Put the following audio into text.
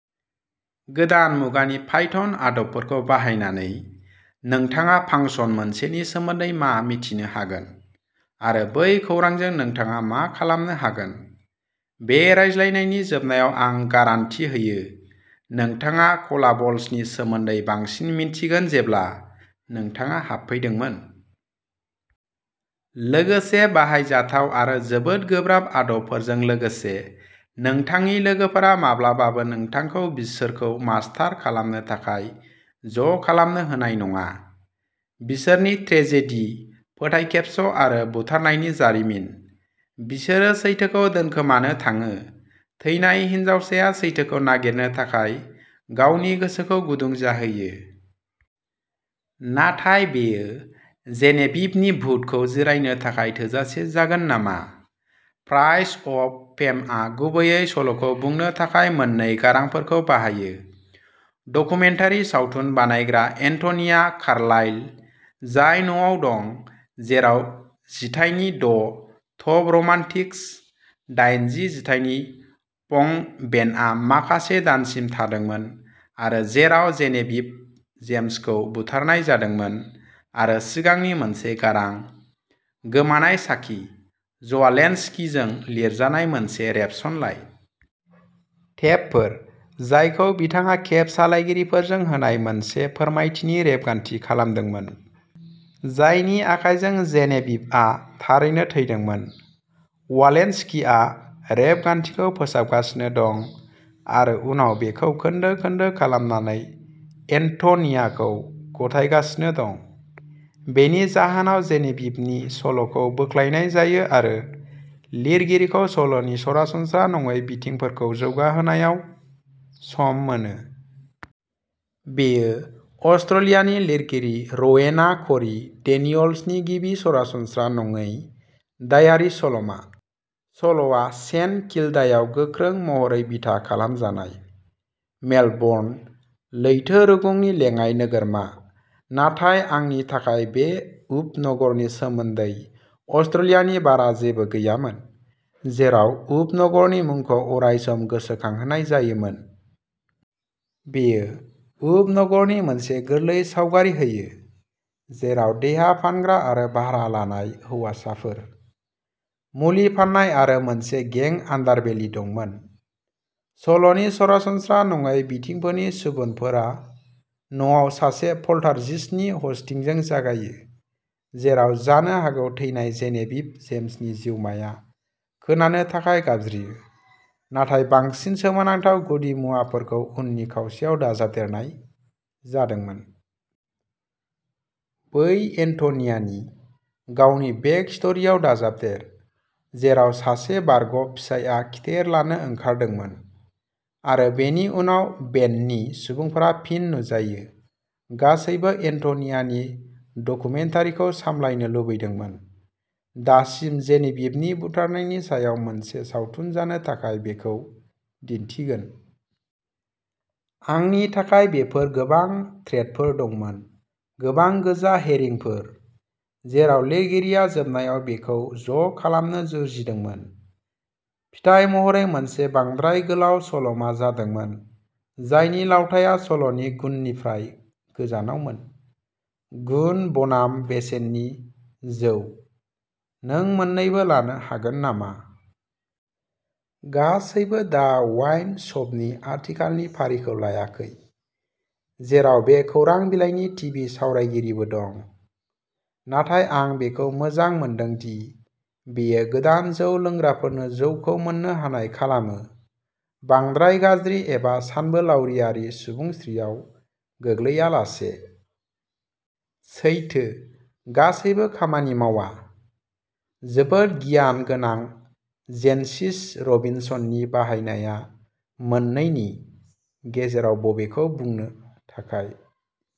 गोदान मुगानि पाइथन आदबफोरखौ बाहायनानै, नोंथाङा फांसन मोनसेनि सोमोन्दै मा मिथिनो हागोन, आरो बै खौरांजों नोंथाङा मा खालामनो हागोन? बे रायज्लायनायनि जोबनायाव आं गारान्टि होयो, नोंथाङा कलाबोल्सनि सोमोन्दै बांसिन मिन्थिगोन जेब्ला नोंथाङा हाबफैदोंमोन। लोगोसे बाहायजाथाव आरो जोबोद गोब्राब आदबफोरजों लोगोसे नोंथांनि लोगोफोरा माब्लाबाबो नोंथांखौ बिसोरखौ मास्टार खालामनो थाखाय ज'खालामनो होनाय नङा। बिसोरनि ट्रेजेडी, फोथायखेबस' आरो बुथारनायनि जारिमिन। बिसोरो सैथोखौ दोनखोमानो थाङो? थैनाय हिनजावसाया सैथोखौ नागिरनो थाखाय गावनि गोसोखौ गुदुं जाहोयो। नाथाय बेयो जेनेभिभनि भुतखौ जिरायनो थाखाय थोजासे जागोन नामा? प्राइज अफ फेमआ गुबैयै सल'खौ बुंनो थाखाय मोन्नै गारांफोरखौ बाहायो। डकुमेन्टारि सावथुन बानायग्रा एन्टनिया कार्लाइल, जाय न'आव दं जेराव जिथाइनि द टफ र'मान्टिक्स, दाइनजि जिथाइनि पंक बेन्डआ माखासे दानसिम थादोंमोन आरो जेराव जेनेभिभ जेम्सखौ बुथारनाय जादोंमोन। आरो सिगांनि मोनसे गारां, "गोमानाय साखि" ज'वालेन्स्कीजों लिरजानाय मोनसे रेबसनलाइ। टेपफोर जायखौ बिथाङा केब सालायगिरिजों होनाय मोनसे फोरमायथिनि रेबगान्थि खालामदोंमोन, जायनि आखाइजों जेनेभिभआ थारैनो थैदोंमोन। वालेन्स्कीआ रेबगान्थिखौ फोसाबगासिनो दं आरो उनाव बेखौ खोन्दो-खोन्दो खालामनानै एन्ट'नियाखौ गथायगासिनो दं। बेनि जाहोनाव जेनेभिभनि सल'खौ बोख्लायनाय जायो आरो लिरगिरिखौ सल'नि सरासनस्रा नङै बिथिंफोरखौ जौगाहोनायाव सम मोनो। बेयो अस्ट्रेलियानि लिरगिरि र'वेना क'री डेनियल्सनि गिबि सरासनस्रा नङै दायारि सल'मा। सल'आ सेन्ट किल्डायाव गोख्रों महरै बिथा खालामजानाय, मेलबर्न लैथो रुगुंनि लेङाइ नोगोरमा, नाथाय आंनि थाखाय बे उपनगरनि सोमोन्दै अस्ट्रेलियानि बारा जेबो गैयामोन, जेराव उपनगरनि मुंखौ अरायसम गोसोखांहोनाय जायोमोन। बेयो उपनगरनि मोनसे गोरलै सावगारि होयो, जेराव देहा फानग्रा आरो भारा लानाय हौवासाफोर, मुलि फाननाय आरो मोनसे गें आन्डारबेलि दंमोन। सल'नि सरासनस्रा नङै बिथिंफोरनि सुबुरुनफोरा न'आव सासे पल्टार्जिस्टनि ह'स्टिंजों जागायो, जेराव जानो हागौ थैनाय जेनेभिभ जेम्सनि जिउमाया खोनानो थाखाय गाबज्रियो, नाथाय बांसिन सोमोनांथाव गुदिमुवाफोरखौ उननि खावसेयाव दाजाबदेरनाय जादोंमोन। बै एन्ट'नियानि गावनि बेकस्ट'रियाव दाजाबदेर, जेराव सासे बारग'फिसायआ खिथेर लानो ओंखारदोंमोन। आरो बेनि उनाव बेन्डनि सुबुंफोरा फिन नुजायो। गासैबो एन्ट'नियानि डकुमेन्टारिखौ सामलायनो लुबैदोंमोन। दासिम जेनेभिभनि बुथारनायनि सायाव मोनसे सावथुन जानो थाखाय बेखौ दिन्थिगोन। आंनि थाखाय बेफोर गोबां थ्रेडफोर दंमोन, गोबां गोजा हेरिंफोर, जेराव लिरगिरिया जोबनायाव बेखौ ज'खालामनो जुजिदोंमोन। फिथाय महरै मोनसे बांद्राय गोलाव सल'मा जादोंमोन, जायनि लावथाइया सल'नि गुननिफ्राय गोजानावमोन। गुन बनाम बेसेननि जौ। नों मोन्नैबो लानो हागोन नामा? गासैबो दा वाइन श'पनि आथिखालनि फारिखौ लायाखै, जेराव बे खौरां बिलाइनि टिभि सावरायगिरिबो दं। नाथाय आं बेखौ मोजां मोनदों दि, बेयो गोदान जौ लोंग्राफोरनो जौखौ मोन्नो हानाय खालामो, बांद्राय गाज्रि एबा सानबोलावरियारि सुबुंस्रियाव गोग्लैआलासे। सैथो, गासैबो खामानि मावा। जोबोद गियान गोनां जेन्सिस रबिनसननि बाहायनाया मोननैनि गेजेराव बबेखौ बुंनो थाखाय।